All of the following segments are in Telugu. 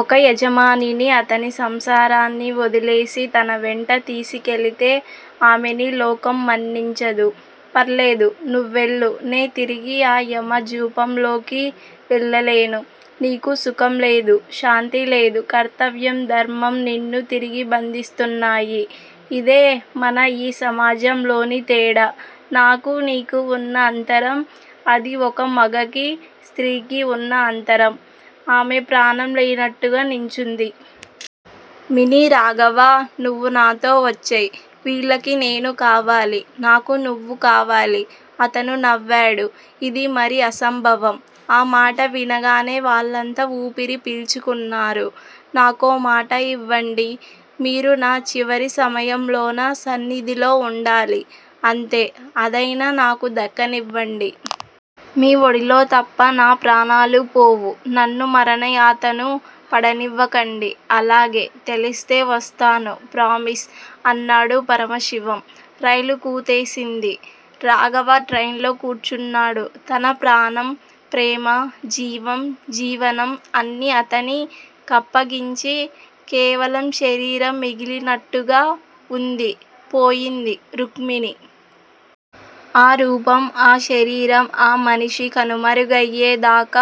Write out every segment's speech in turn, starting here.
ఒక యజమానిని, అతని సంసారాన్ని వొదిలేసి తన వెంట తీసికెళితే ఆమెని లోకం మన్నించదు. ఫర్లేదు నువెళ్ళు, నే తిరిగి ఆ యమ జూపం లోకి వెళ్ళలేను. నీకు సుఖం లేదు. శాంతి లేదు. కర్తవ్యం, ధర్మం, నిన్ను తిరిగి బందిస్తున్నాయి. ఇదే మన యీ సమాజంలోని తేడా నాకు నీకు ఉన్న అంతరం, అది ఒక మగకి, స్త్రీ కి వున్న అంతరం ఆమె ప్రాణం లేనట్టుగా నించుంది. మినీ రాఘవా! నువు నాతో వచ్చేయ్. వీళ్ళకి నేను కావాలి. నాకు నువ్వు కావాలి. అతను నవ్వాడు. ఇది మరీ అసంభవం. ఆ మాట వినగానే వాళ్ళంతా ఉపిరి పీల్చుకున్నారు. నాకో మాట ఇవ్వండి! మీరు నా చివరి సమయంలోనా సన్నిధిలో ఉండాలి. అంతే! అదయినా నాకు దక్కనివండి. మీ ఒడిలో తప్ప నా ప్రాణాలు పోవు. నన్ను మరణయతను పడనివకండి! అలాగే! తెలిస్తే వస్తాను. ప్రామిస్! అన్నాడు పరమశివం. రైలు కుతేసింది రాఘవ ట్రెయిన్ లో కూర్చున్నాడు. తన ప్రాణం, ప్రేమ జీవం జీవనం అన్నీ అతని కప్పగించి కేవలం శరీరం మిగిలినట్టుగా ఉంది పోయింది రుక్మిణి. ఆ రూపం, ఆ శరీరం, ఆ మనిషి కనుమరుగయ్యే దాక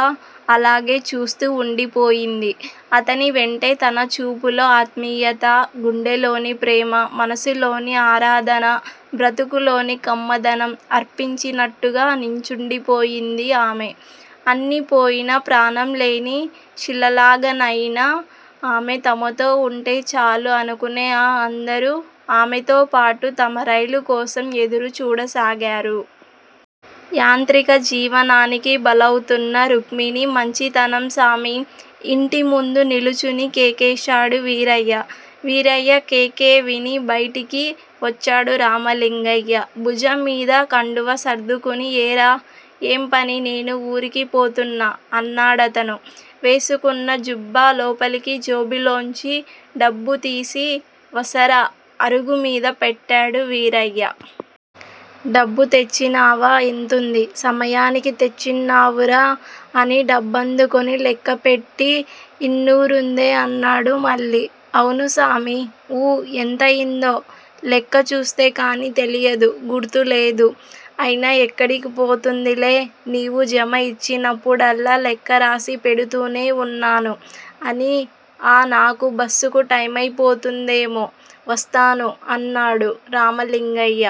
అలాగే చూస్తూ ఉండిపోయింది. అతని వెంటే తన చూపులో ఆత్మీయత, గుండెలోని ప్రేమ, మనస్సులోని ఆరాధన, బ్రతుకులోని కమ్మదనం, అర్పించినట్టుగా నించుండిపోయింది ఆమె. అన్ని పోయినా, ప్రాణం లేని శిలలాగానయిన ఆమె తమతో ఉంటె చాలు అనుకునే ఆ అందరూ ఆమెతో పాటు తమ రైలు కోసం ఎదురు చూడసాగారు. యాంత్రిక జీవనానికి బలవుతున్న రుక్మిణి. మంచితనం సామి! ఇంటిముందు నిలుచుని కేకేశాడు వీరయ్య! వీరయ్య కేకేవిని బయటికి వచ్చాడు రామలింగయ్య భుజం మీద కండువా సర్దుకుని ఏరా! ఏం పని నేను ఊరికి పోతున్నా అన్నాడతను. వేసుకున్న జుబ్బా లోపలి జేబులోంచి డబ్బు తీసి వసారా అరుగు మీద పెట్టాడు వీరయ్య. డబ్బు తెచ్చినావా? ఎంతుంది? సమయానికి తెచ్చివ్నావురా? అని డబ్బందుకుని లెక్కపెట్టి ఇన్నురుందే అన్నాడు మళ్ళీ. అవును సామీ ఊ ఎంతయిందో ఏమో? లెక్క చూస్తే కానీ తెలియదు గుర్తు లేదు. అయినా ఎక్కడికి పోతుందిలే. నీవు జమ యిచ్చినప్పుడల్లా లేక్కరాసి పెడుతూనే వున్నాను అని ఆ నాకు బస్సుకు టైమైతుందేమో వస్తాను అన్నాడు రామలింగయ్య.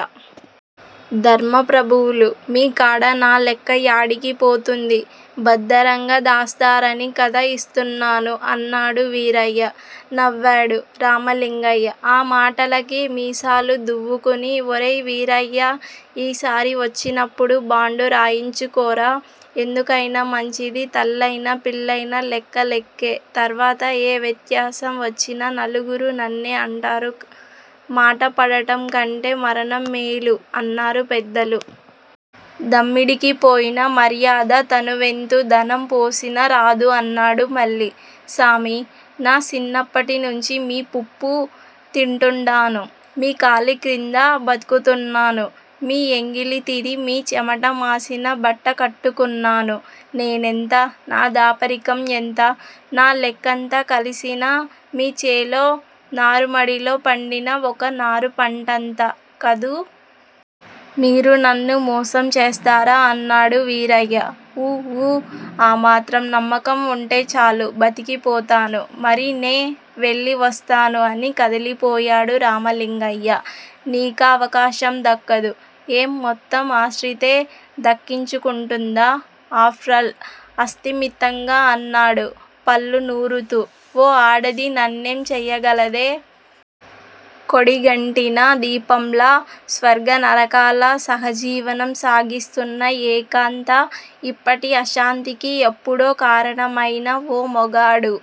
ధర్మ పభువులు, మీ కాడ నా లెక్క యాడికి పోతుంది. బద్దరంగా దాస్తారని కదా యిస్తున్నాను అన్నాడు వీరయ్య. నవ్వాడు రామలింగయ్య. ఆ మాటలకి. మీసాలు దువ్వుకుని ఒరే వీరయ్య! ఈసారి వచ్చినపుడు బాండు రాయించుకోరా. ఎందుకయినా మంచిది. తల్లయినా, పిల్లయినా లెక్క లెక్కే! తర్వాత ఏ వ్యత్యాసం వచ్చినా నలుగురు నన్నే అంటారు మాట పడటం కంటే మరణం మేలు అన్నారు పెద్దలు. దమ్మిడికి పోయిన మర్యాద తనువెత్తు ధనం పోసినా రాదు అన్నాడు మళ్ళీ. సామీ! నా సిన్నప్పటి నుంచి మీ పుప్పు తింటుండాను. మీ కాలి కింద బతుకుతున్నాను. మీ ఎంగిలి తిని, మీ చెమట మాసిన బట్ట కట్టుకున్నాను. నేనెంత? నా దాపరికం ఎంత? నా లెక్కంతా కలిసినా మీ చేలో నారుమడిలో పండిన ఒక నారు పంటంత కాదు. మీరు నన్ను మోసం చేస్తారా? అన్నాడు వీరయ్య. ఊఊ ఆ మాత్రం నమ్మకం ఉంటే చాలు బతికిపోతాను. మరీ నే వెళ్ళి వస్తాను అని కదిలిపోయాడు రామలింగయ్య. నీకా అవకాశం దక్కదు ఏం మొత్తం ఆశ్రితే దక్కించుకుంటుందా? ఆప్టరాల్ అస్థిమితంగా అన్నాడు పళ్ళునూరుతూ ఓ ఆడది నన్నేం చెయ్యగలదే. కొడిగట్టిన దీపంలా స్వర్గ నరకాల సహజీవనం సాగిస్తున్న ఏకాంత యిప్పటి అశాంతికి ఎప్పుడో కారణమయిన ఓ మగాడు